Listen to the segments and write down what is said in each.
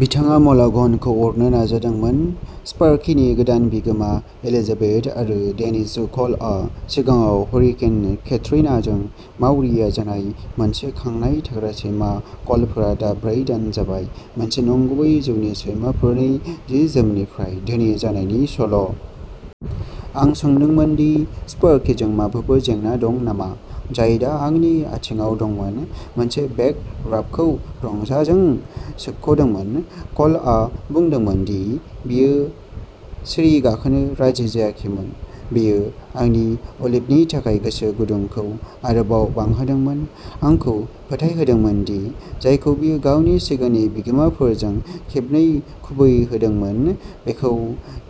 बिथाङा म'लाघनखौ अरनो नाजादोंमोन। स्पार्किनि गोदान बिगोमा, एलिजाबेथ आरो डेनिस क'लआ सिगाङाव हरिकेन केट्रिनाजों मावरिया जानाय मोनसे खांनाय थाग्रा सैमा क'लफोरा दा ब्रै दान जाबाय। मोनसे नंगुबै जिउनि सैमाफोरनि जि-जोमनिफ्राय धोनि जानायनि सल'। आं सोंदोंमोन दि स्पार्किजों माबाफोर जेंना दं नामा, जाय दा आंनि आथिंआव दंमोन, मोनसे बेक राबखौ रंजाजों सोबख'दोंमोन। क'लआ बुंदोंमोन दि बियो सिरि गाखोनो राजि जायाखैमोन। बेयो आंनि अलिभनि थाखाय गोसो गुदुंखौ आरोबाव बांहोदोंमोन, आंखौ फोथायहोदोंमोन दि जायखौ बियो गावनि सिगांनि बिगोमाफोरजों खेबनै खुबैहोदोंमोन, बेखौ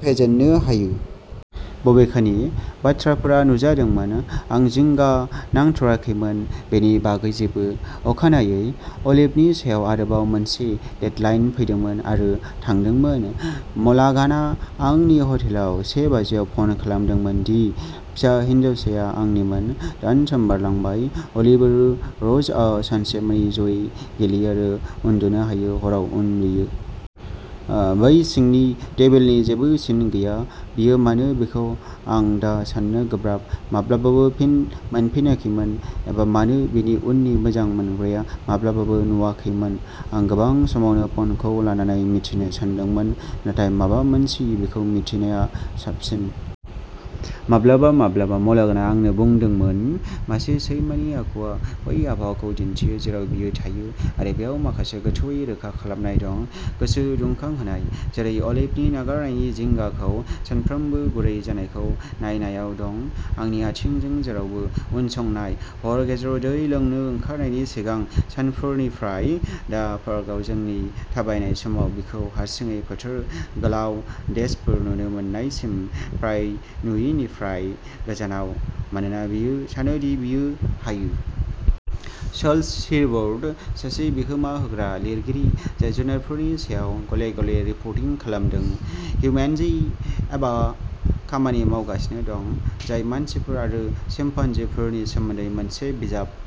फेजेननो हायो। बबेखानि, बाथ्राफोरा नुजादोंमोन, आं जिंगा नांथाराखैमोन बेनि बागै जेबो। अखानायै, अलिभनि सायाव आरोबाव मोनसे डेडलाइन फैदोंमोन आरो थांदोंमोन। म'लाघाना आंनि हटेलाव से बाजियाव फन खालामदोंमोन दि फिसा हिनजावसाया आंनिमोन। दानथाम बारलांबाय। अलिभ आरो र'जआ सानसेमानि जयै गेलेयो आरो उन्दुनो हायो, हराव उन्दुयो। ओ बै सिंनि डेभिलनि जेबो सिन गैया। बियो मानो बेखौ आं दा सान्नो गोब्राब। माब्लाबाबो फिन मोनफिनाखैमोन एबा मानो बिनि उननि मोजां मोनग्राया माब्लाबाबो नुवाखैमोन। आं गोबां समावनो फ'नखौ लानानै मिथिनो सानदोंमोन, नाथाय माबा मोनसेयै बेखौ मिन्थिनाया साबसिन। माब्लाबा माब्लाबा म'लाघाना आंनो बुंदोंमोन मासे सैमानि आखुआ बै आबहावाखौ दिन्थियो जेराव बियो थायो आरो बेयाव माखासे गोथौवै रोखा खालामनाय दं, गोसो दुंखांहोनाय। जेरै अलिभनि नागारनायनि जिंगाखौ सानफ्रोमबो गुरै जानायखौ नायनायाव दं। आंनि आथिंजों जेरावबो उनसंनाय, हर गेजेराव दै लोंनो ओंखारनायनि सिगां सानफोरनिफ्राय दा पार्कआव जोंनि थाबायनाय समाव बिखौ हारसिङै फोथार गोलाव डेशफोर नुनो मोन्नायसिम फ्राय नुयिनिफ्राय गोजानाव, मानोना बियो सानो दि बियो हायो। चार्ल्स सिबर्ट, सासे बिहोमा होग्रा लिरगिरि जाय जुनारफोरनि सायाव गले-गले रिपर्टिं खालामदों, "हिउमेनजी" एबा खामानि मावगासिनो दं, जाय मानसिफोर आरो चिम्पान्जीफोरनि सोमोन्दै मोनसे बिजाब।